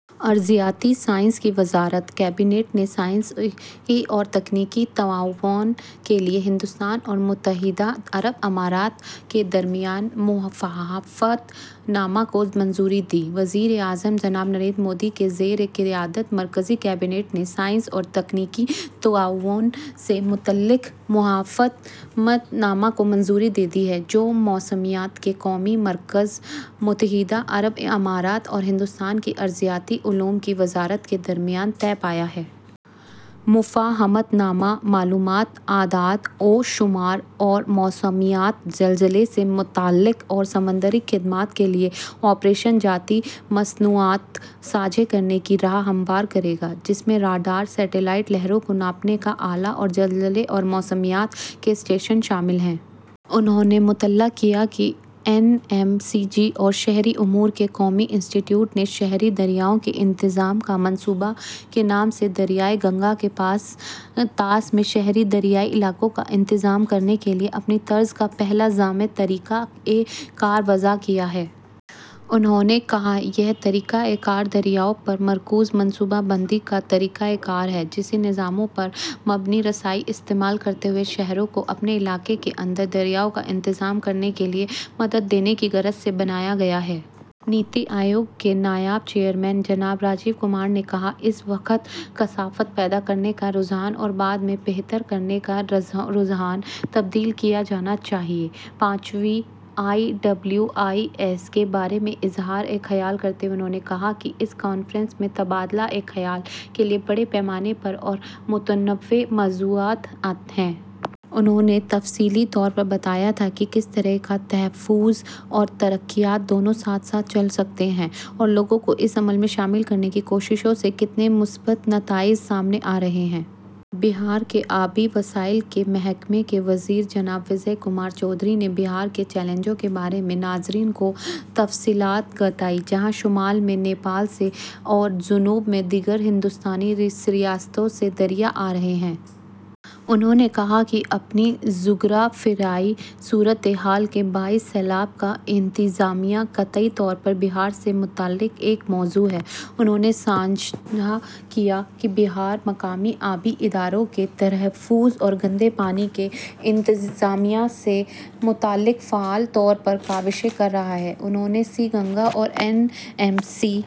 ارضیاتی سائنس کی وزارت کابینہ نے سائنسی اور تکنیکی تعاون کے لیے ہندوستان اور متحدہ عرب امارات کے درمیان مفاہمت نامے کو منظوری دی۔ وزیراعظم جناب نریندر مودی کے زیرِ قیادت مرکزی کابینہ نے سائنسی اور تکنیکی تعاون سے متعلق مفاہمت نامے کو منظوری دے دی ہے، جو موسمیات کے قومی مرکز، متحدہ عرب امارات اور ہندوستان کی ارضی علوم کی وزارت کے درمیان طے پایا ہے۔ مفاہمت نامہ معلومات، اعداد و شمار اور موسمیات، زلزلے سے متعلق اور سمندری خدمات کے لیے آپریشن جاتی مصنوعات ساجھا کرنے کی راہ ہموار کرے گا، جس میں راڈار، سیٹلائٹ، لہروں کو ناپنے کا آلہ اور زلزلے اور موسمیات کے اسٹیشن شامل ہیں۔ انہوں نے مطلع کیا کہ این ایم سی جی اور شہری امور کے قومی انسٹی ٹیوٹ نے "شہری دریاؤں کے انتظام کا منصوبہ" کے نام سے دریائے گنگا کے طاس میں شہری دریائی علاقوں کا انتظام کرنے کے لیے اپنی طرز کا پہلا جامع طریقہ کار وضع کیا ہے۔ انہوں نے کہا، "یہ طریقہ کار دریاؤں پر مرکوز منصوبہ بندی کا طریقہ کار ہے، جسے نظاموں پر مبنی رسائی استعمال کرتے ہوئے شہروں کو اپنے علاقوں کے اندر دریاؤں کا انتظام کرنے کے لیے مدد دینے کی غرض سے بنایا گیا ہے۔" نیتی آیوگ کے نائب چیئرمین جناب راجیو کمار نے کہا، "اس وقت کثافت پیدا کرنے کا رجحان اور بعد میں بہتر کرنے کا رجحان تبدیل کیا جانا چاہیے۔" پانچویں آئی ڈبلیو آئی ایس کے بارے میں اظہارِ خیال کرتے ہوئے انہوں نے کہا کہ، "اس کانفرنس میں تبادلۂ خیال کے لیے بڑے پیمانے پر اور متنوع موضوعات ہیں۔" انہوں نے تفصیلی طور پر بتایا کہ کس طرح تحفظ اور ترقیات دونوں ساتھ ساتھ چل سکتے ہیں اور لوگوں کو اس عمل میں شامل کرنے کی کوششوں سے کتنے مثبت نتائج سامنے آ رہے ہیں۔ بہار کے آبی وسائل کے محکمے کے وزیر جناب وجے کمار چودھری نے بہار کے چیلنجوں کے بارے میں ناظرین کو تفصیلات بتائیں، جہاں شمال میں نیپال سے اور جنوب میں دیگر ہندوستانی ریاستوں سے دریا آ رہے ہیں۔ انہوں نے کہا کہ اپنے جغرافیائی صورتحال کے باعث سیلاب کا انتظامیہ قطعی طور پر بہار سے متعلق ایک موضوع ہے۔ انہوں نے ساجھا کیا کہ بہار مقامی آبی اداروں کے تحفظ اور گندے پانی کے انتظامیہ سے متعلق فعال طور پر کاوشیں کر رہا ہے۔ انہوں نے سی-گنگا اور این ایم سی...